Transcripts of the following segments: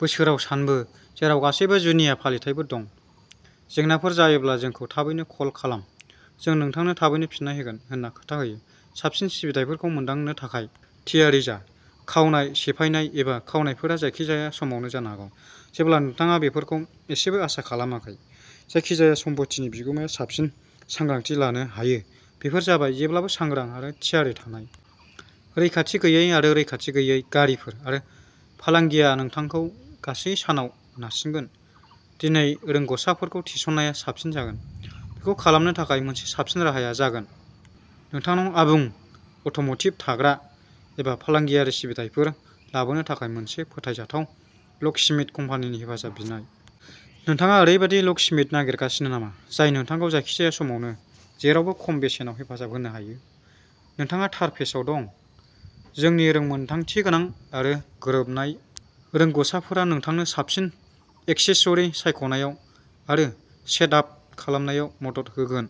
बोसोराव सानबो, जेराव गासैबो जुनिया फालिथायफोर दं। जेंनाफोर जायोब्ला जोंखौ थाबैनो कल खालाम। जों नोंथांनो थाबैनो फिन्नाय होगोन होनना खोथा होयो। साबसिन सिबिथाइफोरखौ मोनदांनो थाखाय थियारि जा। खावनाय, सेफायनाय, एबा खावनायफोरा जायखिजाया समावनो जानो हागौ, जेब्ला नोंथाङा बेफोरखौ एसेबो आसा खालामाखै, जायखिजाया सम्पथिनि बिगुमाया साबसिन सांग्रांथि लानो हायो, बेयो जाबाय जेब्लाबो सांग्रां आरो थियारि थानाय। रैखाथि गैयै आरो रैखाथि गैयै गारिफोर आरो फालांगिया नोंथांखौ गासै सानाव नारसिनगोन, दिनै रोंग'सारफोरखौ थिसननाया साबसिन जागोन। बेखौ खालामनो थाखाय मोनसे साबसिन राहाया जागोन नोंथांनाव आबुं अट'म'टिभ, थाग्रा एबा फालांगियारि सिबिथाइफोर लाबोनो थाखाय मोनसे फोथायजाथाव लकस्मिथ कम्पानिनि हेफाजाब बिनाय। नोंथाङा ओरैबायदि लकस्मिथ नागिरगासिनो नामा जाय नोंथांखौ जायखिजाया समावनो, जेरावबो खम बेसेनाव हेफाजाब होनो हायो? नोंथाङा थार पेजआव दं। जोंनि रोंमोनदांथिगोनां आरो गोरोबनाय रोंग'सारफोरा नोंथांनो साबसिन एक्सेसरी सायख'नायाव आरो सेट आप खालामनायाव मदद होगोन,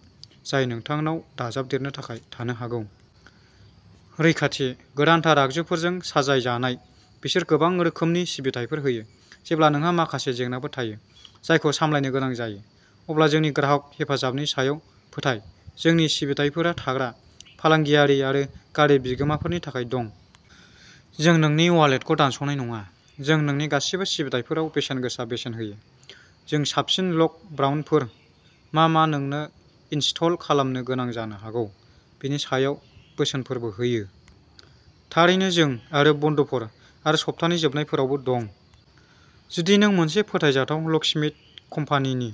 जाय नोंथांनाव दाजाबदेरनो थाखाय थानो हागौ। रैखाथि। गोदानथार आगजुफोरजों साजायजानाय, बिसोर गोबां रोखोमनि सिबिथाइफोर होयो। जेब्ला नोंहा माखासे जेंनाफोर थायो, जायखौ सामलायनो गोनां जायो, अब्ला जोंनि ग्राहक हेफाजाबनि सायाव फोथाय। जोंनि सिबिथाइफोरा थाग्रा, फालांगियारि आरो गारि बिगोमाफोरनि थाखाय दं। जों नोंनि वालेटखौ दानस'नाय नङा। जों जोंनि गासिबो सिबिथाइफोराव बेसेनगोसा बेसेन होयो। जों साबसिन लक ब्रान्डफोर मा मा नोंनो इनस्टल खालामनो गोनां जानो हागौ बेनि सायाव बोसोनफोरबो होयो। थारैनो, जों / आरो बन्द'फोर आरो सप्तानि जोबनायफोरावबो दं। जुदि नों मोनसे फोथायजाथाव लकस्मिथ कम्पानिनि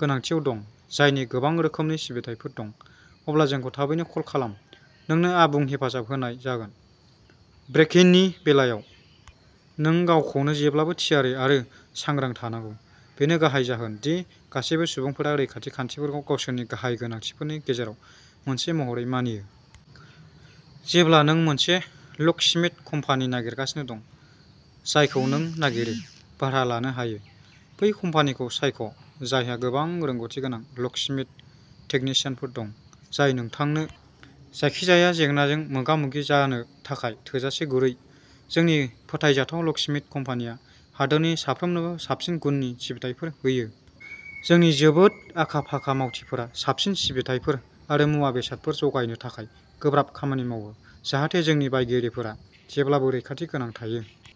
गोनांथियाव दं, जायनि गोबां रोखोमनि सिबिथाइफोर दं, अब्ला जोंखौ थाबैनो कल खालाम। नोंनो आबुं हेफाजाब होनाय जागोन। ब्रेकइननि बेलायाव, नों गावखौनो जेब्लाबो थियारि आरो सांग्रां थानांगौ। बेनो गाहाय जाहोन दि गासैबो सुबुंफोरा रैखाथि बिखान्थिफोरखौ गावसोरनि गाहाय गोनांथिफोरनि गेजेराव मोनसे महरै मानियो। जेब्ला नों मोनसे लकस्मिथ कम्पानि नागिरगासिनो दं, जायखौ नों नागिरो। भारा लानो हायो, बै कम्पानिखौ सायख'जायहा गोबां रोंग'थि गोनां लकस्मिथ टेकनिशियानफोर दं, जाय नोंथांनो जायखिजाया जेंनाजों मोगा-मोगि जानो थाखाय थोजासे गुरै। जोंनि फोथायजाथाव लकस्मिथ कम्पानिया हादोरनि साफ्रोमनोबो साबसिन गुननि सिबिथाइफोर होयो। जोंनि जोबोद आखा-फाखा मावथिफोरा साबसिन सिबिथाइफोर आरो मुवा-बेसादफोर जगायनो थाखाय गोब्राब खामानि मावो, जाहाथे जोंनि बायगिरिफोरा जेब्लाबो रैखाथि गोनां थायो।